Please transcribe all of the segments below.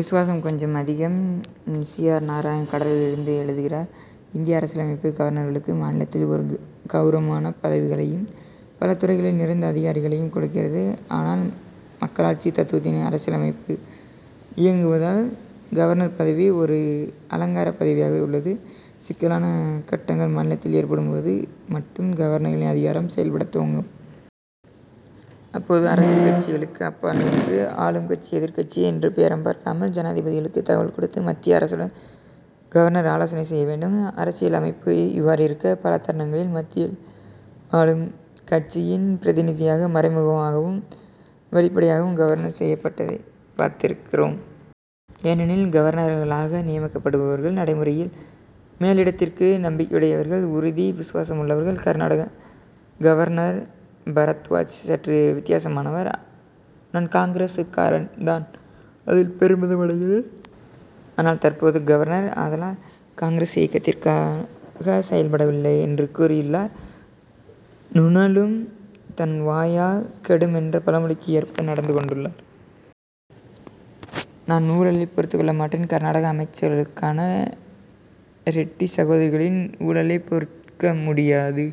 விசுவாசம் கொஞ்சம் அதிகம்! சி. ஆர். நாராயணன், கடலூரிலிருந்து எழுதுகிறார்: இந்திய அரசியல் அமைப்பு, கவர்னர்களுக்கு மாநிலத்தில் ஒரு கவுரவமான பதவியையும், பல துறைகளில் நிறைந்த அதிகாரங்களையும் கொடுக்கிறது. ஆனால், மக்களாட்சி தத்துவத்தில் அரசியலமைப்பு இயங்குவதால், கவர்னர் பதவி ஒரு அலங்காரப் பதவியாகவே உள்ளது. சிக்கலான கட்டங்கள் மாநிலத்தில் ஏற்படும் போது மட்டும், கவர்னர்களின் அதிகாரம் செயல்படத் துவங்கும். அப்போது, அரசியல் கட்சிகளுக்கு அப்பால் நின்று ஆளும் கட்சி, எதிர்க்கட்சி என்று பேதம் பாராட்டாமல், ஜனாதிபதிக்கு தகவல் கொடுத்து, மத்திய அரசுடனும், கவர்னர் ஆலோசனை செய்ய வேண்டும். அரசியல் அமைப்பு இவ்வாறு இருக்க, பல தருணங்களில் மத்தியில் ஆளும் கட்சியின் பிரதிநிதிகளாக, மறைமுகமாகவும், வெளிப்படையாகவும் கவர்னர் செயல்பட்டதை பார்த்திருக்கிறோம். ஏனெனில், கவர்னர்களாக நியமிக்கப்படுபவர்கள், நடைமுறையில் மேலிடத்திற்கு நம்பிக்கையுடையவர்கள்; உறுதியான விசுவாசமுள்ளவர்கள். கர்நாடக கவர்னர் பரத்வாஜ் சற்று வித்தியாசமானவர். "நான் காங்கிரஸ்காரன் தான்; அதில் பெருமிதம் அடைகிறேன். ஆனால், தற்போது கவர்னர். ஆதலால், காங்கிரஸ் இயக்கத்திற்காக செயல்படவில்லை' என்று கூறியுள்ளார். நுணலும் தன் வாயால் கெடுமென்ற பழமொழிக்கு ஏற்ப நடந்து கொண்டுள்ளார். "நான் ஊழலை பொறுத்துக் கொள்ள மாட்டேன். கர்நாடக அமைச்சர்களான ரெட்டிச் சகோதரர்களின் ஊழலை பொறுக்க முடியாது.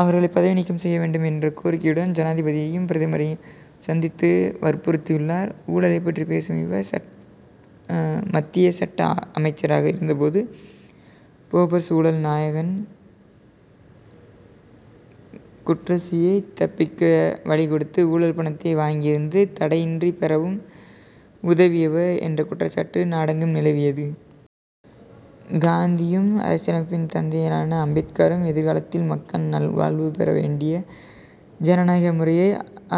அவர்களை பதவி நீக்கம் செய்ய வேண்டும்' என்ற கோரிக்கையுடன், ஜனாதிபதியையும், பிரதமரையும் சந்தித்து வற்புறுத்தியுள்ளார். ஊழலைப் பற்றி பேசும் இவர், மத்திய சட்ட அமைச்சராக இருந்த போது, போபர்ஸ் ஊழல் நாயகன் குட்ரோச்சியை தப்பிக்க வழி கொடுத்து, ஊழல் பணத்தை வங்கியிலிருந்து தடையின்றி பெறவும் உதவியவர் என்ற குற்றச்சாட்டு நாடெங்கும் நிலவியது. காந்தியும், அரசியலமைப்பின் தந்தையான அம்பேத்கரும், எதிர்காலத்தில் மக்கள் நல்வாழ்வு பெற வேண்டிய ஜனநாயக முறையை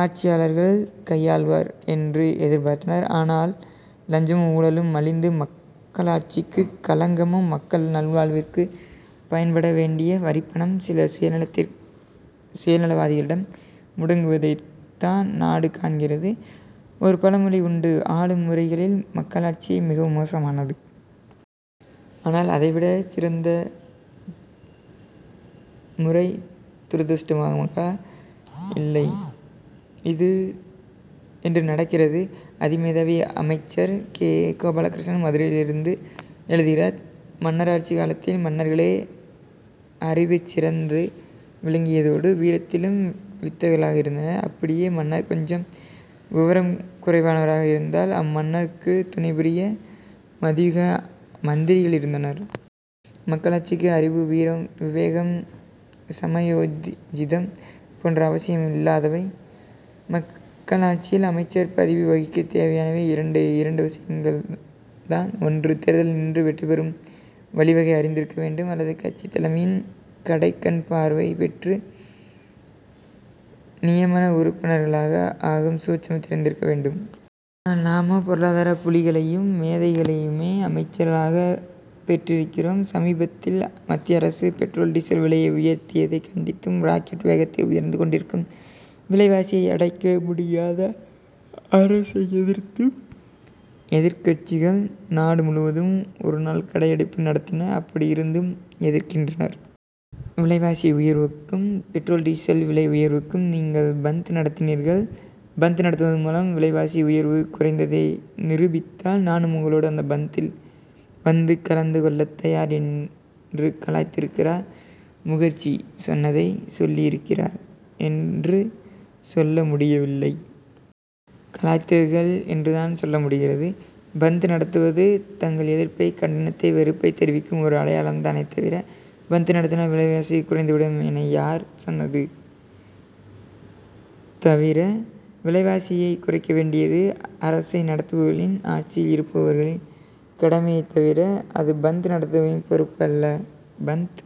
ஆட்சியாளர்கள் கையாள்வர் என்று எதிர்பார்த்தனர். ஆனால், லஞ்சமும், ஊழலும் மலிந்து, மக்களாட்சிக்கு களங்கமும், மக்கள் நல்வாழ்விற்கு பயன்பட வேண்டிய வரிப்பணம், சில சுயநலவாதிகளிடம் முடங்குவதை தான் நாடு காண்கிறது. ஒரு பழமொழி உண்டுஆளும் முறைகளில், "மக்களாட்சியே மிகவும் மோசமானது. ஆனால், அதை விட சிறந்த முறை துரதிர்ஷ்டவசமாக இல்லை! ' அது இன்று நடக்கிறது. "அதிமேதாவி' அமைச்சர்! கே. கோபாலகிருஷ்ணன், மதுரையிலிருந்து எழுதுகிறார்: மன்னராட்சி காலத்தில், மன்னர்களே அறிவிற்சிறந்து விளங்கியதோடு, வீரத்திலும் வித்தகர்களாக இருந்தனர். அப்படியே மன்னர் கொஞ்சம் விவரம் குறைவானவராக இருந்தால், அம்மன்னருக்குத் துணை புரிய, "மதியூக' மந்திரிகள் இருந்தனர். மக்களாட்சிக்கு அறிவு, வீரம், விவேகம், சமயோஜிதம் போன்றவை அவசியம் இல்லாதவை. மக்களாட்சியில் அமைச்சர் பதவி வகிக்க தேவையானவை, இரண்டே இரண்டு விஷயங்கள் தான்ஒன்று, தேர்தலில் நின்று வெற்றி பெறும் வழிவகை அறிந்திருக்க வேண்டும் அல்லது கட்சித் தலைமையின், "கடைக்கண்' பார்வை பெற்று நியமன உறுப்பினராக ஆகும் சூட்சமம் தெரிந்திருக்க வேண்டும். ஆனால், நாமோ, பொருளாதாரப் புலிகளையும், மேதைகளையுமே அமைச்சர்களாகப் பெற்றிருக்கிறோம். சமீபத்தில் மத்திய அரசு, பெட்ரோல், டீசல் விலையை உயர்த்தியதைக் கண்டித்தும், ராக்கெட் வேகத்தில் உயர்ந்து கொண்டிருக்கும் விலைவாசியை அடக்க முடியாத அரசை எதிர்த்தும், எதிர்க்கட்சிகள், நாடு முழுவதும் ஒருநாள் கடையடைப்பு நடத்தின. அப்படி இருந்தும் எதிர்க்கின்றனர். விலைவாசி உயர்வுக்கும், பெட்ரோல், டீசல் விலை உயர்வுக்கும் நீங்கள் "பந்த்' நடத்தினீர்கள். பந்த் நடத்துவதன் மூலம் விலைவாசி உயர்வு குறைந்ததை நிரூபித்தால், நானும் உங்களோடு அந்த, "பந்த்'தில் வந்து கலந்து கொள்ளத் தயார் என்று கலாய்த்திருக்கிறார். முகர்ஜி சொன்னதை, "சொல்லி இருக்கிறார்' என்று சொல்ல முடியவில்லை. "கலாய்த்திருக்கிறார்' என்றுதான் சொல்ல முடிகிறது. "பந்த்' நடத்துவது, தங்கள் எதிர்ப்பை, கண்டனத்தை, வெறுப்பைத் தெரிவிக்கும் ஒரு அடையாளம் தானே தவிர, "பந்த்' நடத்தினால், விலைவாசி குறைந்துவிடும் என யார் சொன்னது? தவிர, விலைவாசியைக் குறைக்க வேண்டியது, அரசை நடத்துபவர்களின், ஆட்சியில் இருப்பவர்களின் கடமையே தவிர, அது "பந்த்' நடத்துபவர்களின் பொறுப்பு அல்ல. "பந்த்'